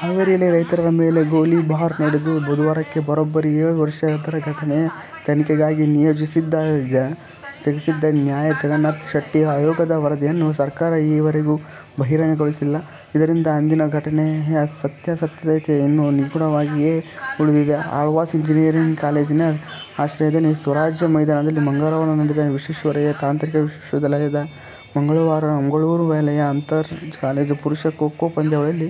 ಹಾವೇರಿಯಲ್ಲಿ ರೈತರ ಮೇಲೆ ಗೋಲಿಬಾರ್ ನಡೆದು ಬುಧವಾರಕ್ಕೆ ಬರೋಬ್ಬರಿ ಏಳು ವರ್ಷ. ಆದರೆ ಘಟನೆಯ ತನಿಖೆಗಾಗಿ ನಿಯೋಜಿಸಿದ್ದ ನ್ಯಾ ಜಗನ್ನಾಥ ಶೆಟ್ಟಿ ಆಯೋಗದ ವರದಿಯನ್ನು ಸರ್ಕಾರ ಈವರೆಗೂ ಬಹಿರಂಗಗೊಳಿಸಿಲ್ಲ. ಇದರಿಂದಾಗಿ ಅಂದಿನ ಘಟನೆಯ ಸತ್ಯಾಸತ್ಯತೆ ಇನ್ನು ನಿಗೂಢವಾಗಿಯೇ ಉಳಿದಿದೆ. ಆಳ್ವಾಸ್ ಎಂಜಿನಿಯರಿಂಗ್ ಕಾಲೇಜಿನ ಆಶ್ರಯದಲ್ಲಿ ಸ್ವರಾಜ್ಯ ಮೈದಾನದಲ್ಲಿ ಮಂಗಳವಾರ ನಡೆದ ವಿಶ್ವೇಶ್ವರಯ್ಯ ತಾಂತ್ರಿಕ ವಿಶ್ವವಿದ್ಯಾಲಯದ ಮಂಗಳೂರು ವಲಯ ಅಂತರ್ ಕಾಲೇಜು ಪುರುಷರ ಖೋ ಖೋ ಪಂದ್ಯಾವಳಿಯಲ್ಲಿ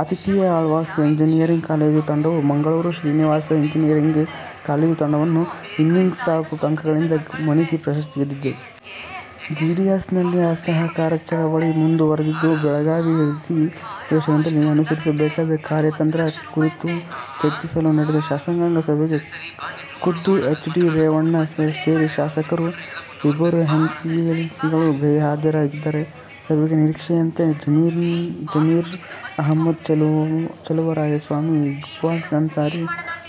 ಆತಿಥೇಯ ಆಳ್ವಾಸ್ ಎಂಜಿನಿಯರಿಂಗ್ ಕಾಲೇಜು ತಂಡವು ಮಂಗಳೂರು ಶ್ರೀನಿವಾಸ ಎಂಜಿನಿಯರಿಂಗ್ ಕಾಲೇಜು ತಂಡವನ್ನು ಇನ್ನಿಂಗ್ಸ್ ಹಾಗೂ ಅಂಕಗಳಿಂದ ಮಣಿಸಿ ಪ್ರಶಸ್ತಿ ಗೆದ್ದಿದೆ. ಜೆಡಿಎಸ್ನಲ್ಲಿ "ಅಸಹಕಾರ' ಚಳವಳಿ ಮುಂದು ವರಿದಿದ್ದು, ಬೆಳಗಾವಿ ಅಧಿ ವೇಶನದಲ್ಲಿ ಅನುಸರಿಸಬೇಕಾದ ಕಾರ್ಯತಂತ್ರ ಕುರಿತು ಚರ್ಚಿಸಲು ನಡೆದ ಶಾಸಕಾಂಗ ಸಭೆಗೆ ಖುದ್ದುಎಚ್. ಡಿ. ರೇವಣ್ಣ ಸೇರಿ ಶಾಸಕರು, ಇಬ್ಬರು ಎಂಎಲ್ಸಿಗಳು ಗೈರು ಹಾಜರಾಗಿದ್ದಾರೆ. ಸಭೆಗೆ ನಿರೀಕ್ಷೆಯಂತೆ ಜಮೀರ್ ಅಹಮದ್, ಚೆಲುವರಾಯಸ್ವಾಮಿ, ಇಕ್ಬಾಲ್ ಅನ್ಸಾರಿ,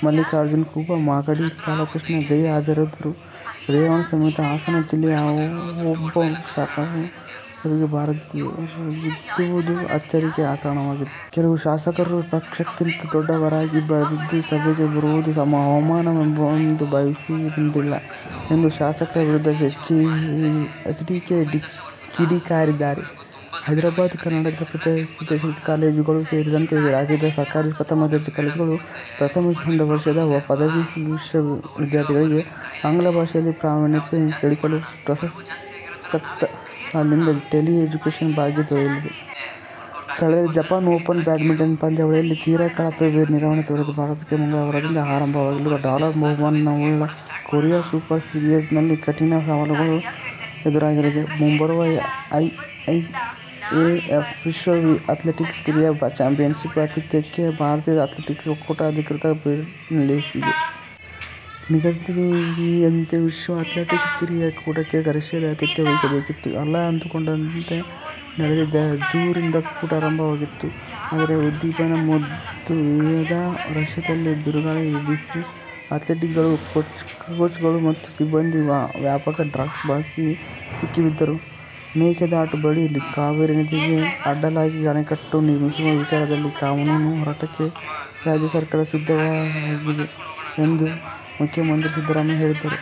ಮಲ್ಲಿಕಾರ್ಜುನ ಕೂಬಾ, ಮಾಗಡಿ ಬಾಲಕೃಷ್ಣ ಗೈರು ಹಾಜರಾದರೂ ರೇವಣ್ಣ ಸಮೇತ ಹಾಸನ ಜಿಲ್ಲೆಯ ಯಾವೊಬ್ಬ ಶಾಸಕರೂ ಸಭೆಗೆ ಬಾರದಿರುವುದು ಅಚ್ಚರಿಗೆ ಕಾರಣವಾಗಿದೆ. "ಕೆಲವು ಶಾಸಕರು ಪಕ್ಷಕ್ಕಿಂತ ದೊಡ್ಡವರಾಗಿ ಬೆಳೆದಿದ್ದು, ಸಭೆಗೆ ಬರುವುದು ಅವಮಾನ ಎಂದು ಭಾವಿಸಿ ಬಂದಿಲ್ಲ' ಎಂದು ಶಾಸಕರ ವಿರುದ್ಧ ಎಚ್ಡಿಕೆ ಕಿಡಿಕಾರಿದ್ದಾರೆ. ಹೈದರಾಬಾದ್- ಕರ್ನಾಟಕ ಪ್ರದೇಶದ ಕಾಲೇಜುಗಳು ಸೇರಿದಂತೆ ರಾಜ್ಯದ ಸರ್ಕಾರಿ ಪ್ರಥಮ ದರ್ಜೆ ಕಾಲೇಜುಗಳ ಪ್ರಥಮ ವರ್ಷದ ಪದವಿ ವಿದ್ಯಾರ್ಥಿಗಳಿಗೆ ಆಂಗ್ಲ ಭಾಷೆಯಲ್ಲಿ ಪ್ರಾವೀಣ್ಯತೆ ಗಳಿಸಲು ಪ್ರಸಕ್ತ ಸಾಲಿನಿಂದ "ಟೆಲಿ ಎಜುಕೇಷನ್ ಭಾಗ್ಯ' ದೊರೆಯಲಿದೆ. ಕಳೆದ ಜಪಾನ್ ಓಪನ್ ಬ್ಯಾಡ್ಮಿಂಟನ್ ಪಂದ್ಯಾವಳಿಯಲ್ಲಿ ತೀರಾ ಕಳಪೆ ನಿರ್ವಹಣೆ ತೋರಿದ ಭಾರತಕ್ಕೆ ಮಂಗಳವಾರದಿಂದ ಆರಂಭವಾಗಲಿರುವ ಡಾಲರ್ ಬಹುಮಾನವುಳ್ಳ "ಕೊರಿಯಾ ಸೂಪರ್ ಸೀರೀಸ್'ನಲ್ಲಿ ಕಠಿನ ಸವಾಲು ಎದುರಾಗಲಿದೆ. ಮುಂಬರುವ ಐಎಎಎಫ್ ವಿಶ್ವ ಅಥ್ಲೆಟಿಕ್ಸ್ ಕಿರಿಯರ ಚಾಂಪಿಯನ್ಶಿಪ್ ಆತಿಥ್ಯಕ್ಕೆ ಭಾರತೀಯ ಅಥ್ಲೆಟಿಕ್ಸ್ ಒಕ್ಕೂಟ ಅಧಿಕೃತ ಬಿಡ್ ಸಲ್ಲಿಸಿದೆ. ನಿಗದಿಯಂತೆ ವಿಶ್ವ ಅಥ್ಲೆಟಿಕ್ಸ್ ಕಿರಿಯರ ಕೂಟಕ್ಕೆ ರಷ್ಯಾ ಆತಿಥ್ಯ ವಹಿಸಬೇಕಿತ್ತು. ಎಲ್ಲ ಅಂದುಕೊಂಡಂತೆ ನಡೆದಿದ್ದರೆ ಜು. ರಿಂದ ಕೂಟ ಆರಂಭವಾಗಬೇಕಿತ್ತು. ಆದರೆ ಉದ್ದೀಪನಾ ಮದ್ದು ವಿವಾದ ರಷ್ಯಾದಲ್ಲಿ ಬಿರುಗಾಳಿ ಎಬ್ಬಿಸಿ ಅಥ್ಲೀಟ್ಗಳು, ಕೋಚ್ಗಳು ಮತ್ತು ಸಿಬ್ಬಂದಿ ವ್ಯಾಪಕ ಡ್ರಗ್ಸ್ ಬಳಸಿ ಸಿಕ್ಕಿಬಿದ್ದಿದ್ದರು. ಮೇಕೆದಾಟು ಬಳಿ ಕಾವೇರಿ ನದಿಗೆ ಅಡ್ಡಲಾಗಿ ಅಣೆಕಟ್ಟು ನಿರ್ಮಿಸುವ ವಿಚಾರದಲ್ಲಿ ಕಾನೂನು ಹೋರಾಟಕ್ಕೆ ರಾಜ್ಯ ಸರ್ಕಾರ ಸಿದ್ಧವಾಗಿದೆ ಎಂದು ಮುಖ್ಯಮಂತ್ರಿ ಸಿದ್ದರಾಮಯ್ಯ ಹೇಳಿದ್ದಾರೆ.